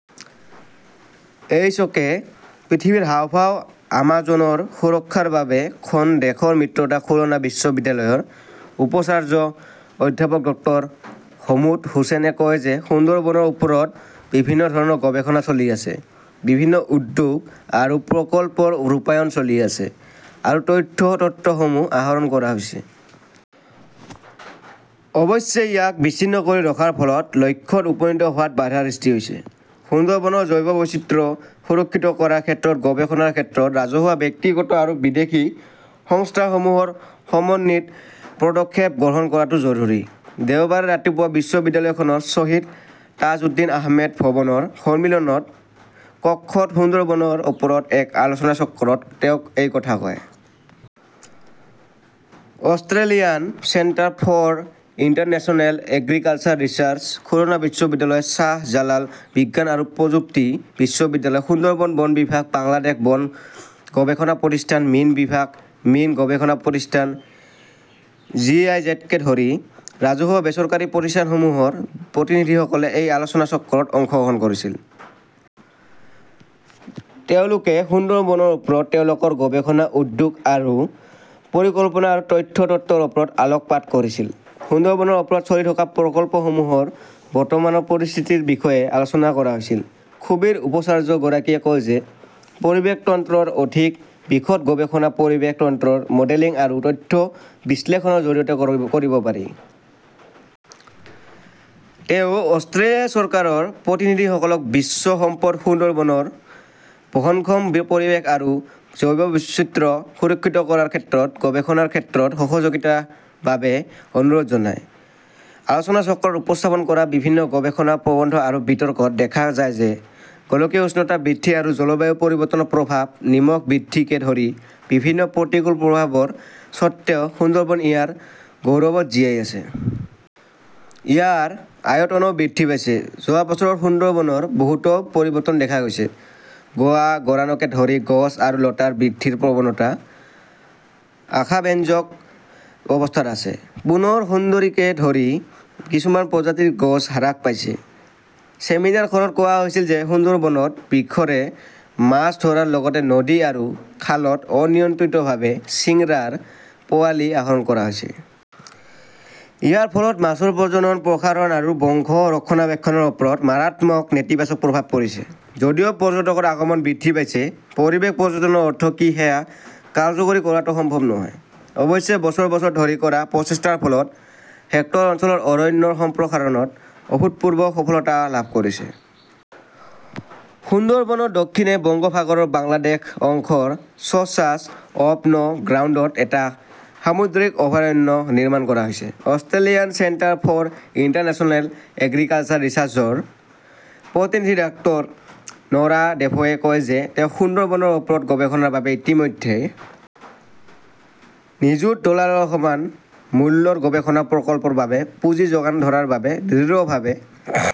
/ HK /। পৃথিৱীৰ হাঁওফাঁও 'Amazon' ৰ সুৰক্ষাৰ বাবে খন দেশৰ মিত্ৰতা খুলনা বিশ্ববিদ্যালয়ৰ উপাচাৰ্য অধ্যাপক ড াহমুদ হুচেইনে কয় যে সুন্দৰবনৰ ওপৰত বিভিন্ন ধৰণৰ গৱেষণা চলি আছে। বিভিন্ন উদ্যোগ আৰু প্ৰকল্পৰ ৰূপায়ণ চলি আছে আৰু তথ্য তত্ত্বসমূহ আহৰণ কৰা হৈছে। অৱশ্যে, ইয়াক বিচ্ছিন্ন কৰি ৰখাৰ ফলত লক্ষ্যত উপনীত হোৱাত বাধাৰ সৃষ্টি হৈছে। সুন্দৰবনৰ জৈৱ বৈচিত্ৰ্য সুৰক্ষিত কৰাৰ ক্ষেত্ৰত গৱেষণাৰ ক্ষেত্ৰত ৰাজহুৱা-ব্যক্তিগত আৰু বিদেশী সংস্থাসমূহৰ সমন্বিত পদক্ষেপ গ্ৰহণ কৰাটো জৰুৰী। দেওবাৰে ৰাতিপুৱা বিশ্ববিদ্যালয়খনৰ শ্বহীদ তাজউদ্দিন আহমেদ ভৱনৰ সন্মিলন কক্ষত সুন্দৰবনৰ ওপৰত এক আলোচনাচক্ৰত তেওঁ এই কথা কয়। Australian centre for international agriculture research, Khulna বিশ্ববিদ্যালয়, শ্বাহজালাল বিজ্ঞান আৰু প্ৰযুক্তি বিশ্ববিদ্যালয়, সুন্দৰবন বন বিভাগ, বাংলাদেশ বন গৱেষণা প্ৰতিষ্ঠান, মীন বিভাগ, মীন গৱেষণা প্ৰতিষ্ঠান, জিআইজেডকে ধৰি ৰাজহুৱা-বেচৰকাৰী প্ৰতিষ্ঠানসমূহৰ প্ৰতিনিধিসকলে এই আলোচনাচক্ৰত অংশগ্ৰহণ কৰিছিল। তেওঁলোকে সুন্দৰবনৰ ওপৰত তেওঁলোকৰ গৱেষণা, উদ্যোগ আৰু পৰিকল্পনা আৰু তথ্য তত্ত্বৰ ওপৰত আলোকপাত কৰিছিল। সুন্দৰবনৰ ওপৰত চলি থকা প্ৰকল্পসমূহৰ বৰ্তমানৰ পৰিস্থিতিৰ বিষয়ে আলোচনা কৰা হৈছিল। খুবিৰ উপাচাৰ্যগৰাকীয়ে কয় যে পৰিৱেশ তন্ত্ৰৰ অধিক বিশদ গৱেষণা পৰিৱেশ তন্ত্ৰৰ মডেলিং আৰু তথ্য বিশ্লেষণৰ জৰিয়তে কৰিব পাৰি। তেওঁ অষ্ট্ৰেলিয়া চৰকাৰৰ প্ৰতিনিধিসকলক বিশ্ব সম্পদ সুন্দৰবনৰ বহনক্ষম পৰিৱেশ আৰু জৈৱ বৈচিত্ৰ্য সুৰক্ষিত কৰাৰ ক্ষেত্ৰত গৱেষণাৰ ক্ষেত্ৰত সহযোগিতাৰ বাবে অনুৰোধ জনায়। আলোচনাচক্ৰত উপস্থাপন কৰা বিভিন্ন গৱেষণা প্ৰবন্ধ আৰু বিতৰ্কত দেখা যায় যে গোলকীয় উষ্ণতা বৃদ্ধি আৰু জলবায়ু পৰিৱৰ্তনৰ প্ৰভাৱ, নিমখ বৃদ্ধিকে ধৰি বিভিন্ন প্ৰতিকূল প্ৰভাৱৰ স্বত্বেও সুন্দৰবন ইয়াৰ গৌৰৱত জীয়াই আছে। ইয়াৰ আয়তনও বৃদ্ধি পাইছে। যোৱা বছৰত সুন্দৰবনৰ বহুতো পৰিৱৰ্তন দেখা গৈছে। গোৱা, গোৰানকে ধৰি গছ আৰু লতাৰ বৃদ্ধিৰ প্ৰৱণতা আশাব্যঞ্জক অৱস্থাত আছে। পুনৰ সুন্দৰীকে ধৰি কিছুমান প্ৰজাতিৰ গছ হ্ৰাস পাইছে। চেমিনাৰখনত কোৱা হৈছিল যে সুন্দৰবনত বিষৰে মাছ ধৰাৰ লগতে নদী আৰু খালত অনিয়ন্ত্ৰিতভাৱে চিংৰাৰ পোৱালি আহৰণ কৰা হৈছে। ইয়াৰ ফলত মাছৰ প্ৰজনন, প্ৰসাৰণ আৰু বংশ ৰক্ষণাবেক্ষণৰ ওপৰত মাৰাত্মক নেতিবাচক প্ৰভাৱ পৰিছে। যদিও পৰ্যটকৰ আগমন বৃদ্ধি পাইছে, পৰিৱেশ পৰ্যটনৰ অৰ্থ কি সেয়া কাৰ্যকৰী কৰাটো সম্ভৱ নহয়। অৱশ্যে, বছৰ বছৰ ধৰি কৰা প্ৰচেষ্টাৰ ফলত, হেক্টৰ অঞ্চলত অৰণ্যৰ সম্প্ৰসাৰণত অভূতপূৰ্ব সফলতা লাভ কৰিছে। সুন্দৰবনৰ দক্ষিণে বংগোপসাগৰৰ বাংলাদেশ অংশৰ শ্বৱাচ অৱ নো গ্ৰাউণ্ডত এটা সামুদ্ৰিক অভয়াৰণ্য নিৰ্মাণ কৰা হৈছে। Australian centre for international agriculture ৰিচাৰ্ছৰ প্ৰতিনিধি ডাঃ নৰা ডেভোৱে কয় যে তেওঁ সুন্দৰবনৰ ওপৰত গৱেষণাৰ বাবে ইতিমধ্যে নিযুত ডলাৰৰ সমান মূল্যৰ গৱেষণা প্ৰকল্পৰ বাবে পুঁজি যোগান ধৰাৰ বাবে দৃঢ়ভাৱে